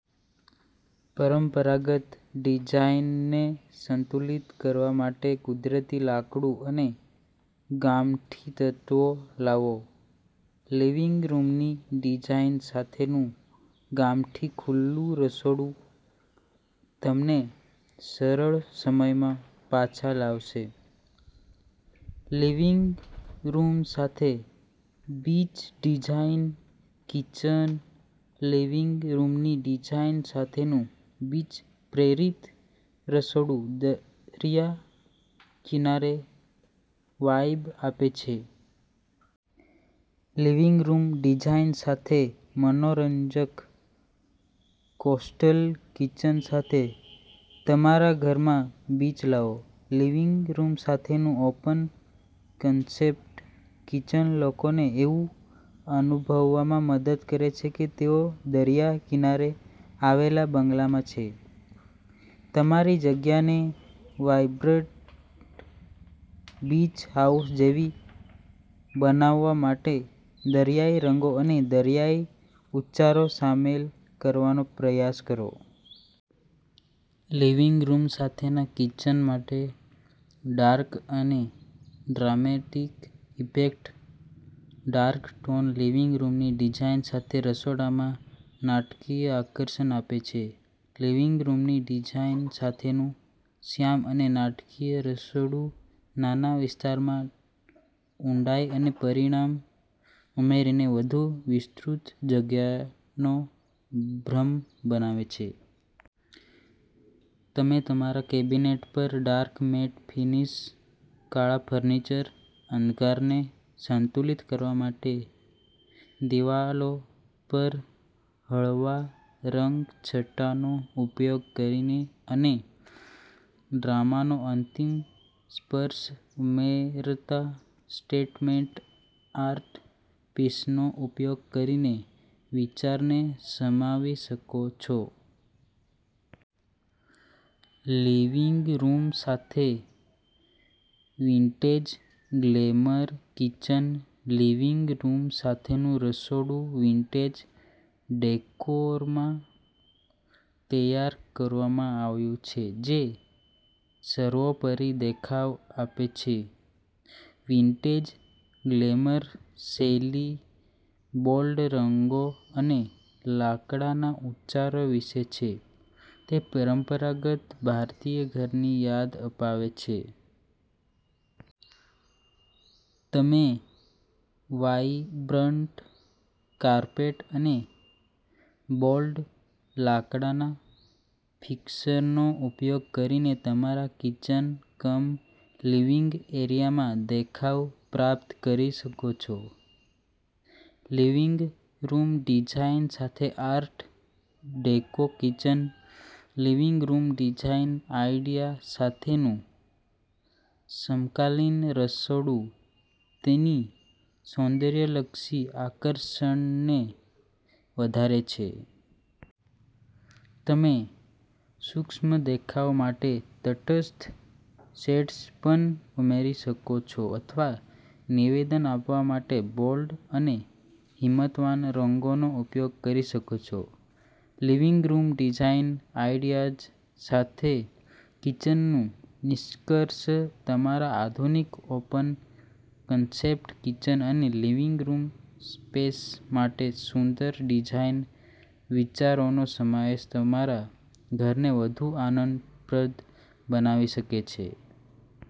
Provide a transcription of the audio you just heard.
પરંપરાગત ડિઝાઇનને સંતુલિત કરવા માટે કુદરતી લાકડું અને ગામઠી તત્વો લાવો. લિવિંગ રૂમની ડિઝાઇન સાથેનું ગામઠી ખુલ્લું રસોડું તમને સરળ સમયમાં પાછા લાવશે. લિવિંગ રૂમ સાથે બીચ ડિઝાઇન, કિચન લિવિંગ રૂમની ડિઝાઇન સાથેનું બીચ પ્રેરિત રસોડું દરિયા કિનારે વાઇબ આપે છે. લિવિંગ રૂમ ડિઝાઇન સાથે મનોરંજક કોસ્ટેલ કિચન સાથે તમારા ઘરમાં બીચ લાવો. લિવિંગ રૂમ સાથેનું ઓપન-કન્સેપ્ટ કિચન લોકોને એવું અનુભવવામાં મદદ કરે છે કે તેઓ દરિયા કિનારે આવેલા બંગલામાં છે. તમારી જગ્યાને વાઇબ્રન્ટ બીચ હાઉસ જેવી બનાવવા માટે દરિયાઇ રંગો અને દરિયાઇ ઉચ્ચારો સામેલ કરવાનો પ્રયાસ કરો. લિવિંગ રૂમ સાથેના કિચન માટે ડાર્ક અને dramatic effect dark tone living રૂમની ડિઝાઇન સાથે રસોડામાં નાટકીય આકર્ષણ આપે છે. લિવિંગ રૂમની ડિઝાઇન સાથેનું શ્યામ અને નાટકીય રસોડું નાના વિસ્તારમાં ઊંડાઈ અને પરિમાણ ઉમેરીને વધુ વિસ્તૃત જગ્યાનો ભ્રમ બનાવે છે. તમે તમારા કેબિનેટ પર ડાર્ક મેટ ફિનિશ, કાળા ફર્નિચર, અંધકારને સાંતુલિત કરવા માટે દિવાલો પર હળવા રંગછટાનો ઉપયોગ કરીને અને ડ્રામાનો અંતિમ સ્પર્શ ઉમેરતા સ્ટેટમેન્ટ આર્ટ પીસનો ઉપયોગ કરીને વિચારને સમાવી શકો છો. લિવિંગ રૂમ સાથે vintage glamour kitchen, living room સાથેનું રસોડું વિન્ટેજ ડેકોરમાં તૈયાર કરવામાં આવ્યું છે જે સર્વોપરી દેખાવ આપે છે. વિન્ટેજ ગ્લેમર શૈલી બોલ્ડ રંગો અને લાકડાના ઉચ્ચારો વિશે છે. તે પરંપરાગત ભારતીય ઘરની યાદ અપાવે છે. તમે વાઇબ્રન્ટ કાર્પેટ અને બોલ્ડ લાકડાના ફિક્સરનો ઉપયોગ કરીને તમારા કિચન-કમ-લિવિંગ એરિયામાં દેખાવ પ્રાપ્ત કરી શકો છો. લિવિંગ રૂમ ડિઝાઇન સાથે art deco kitchen, living room design idea સાથેનું સમકાલીન રસોડું તેની સૌંદર્યલક્ષી આકર્ષણને વધારે છે. તમે સૂક્ષ્મ દેખાવ માટે તટસ્થ શેડ્સ પણ ઉમેરી શકો છો અથવા નિવેદન આપવા માટે બોલ્ડ અને હિંમતવાન રંગોનો ઉપયોગ કરી શકો છો. લિવિંગ રૂમ ડિઝાઇન આઇડિયાઝ સાથે કિચનનું નિષ્કર્ષ તમારા આધુનિક ઓપન-કન્સેપ્ટ કિચન અને લિવિંગ રૂમ સ્પેસ માટે સુંદર ડિઝાઇન વિચારોનો સમાવેશ તમારા ઘરને વધુ આનંદપ્રદ બનાવી શકે છે.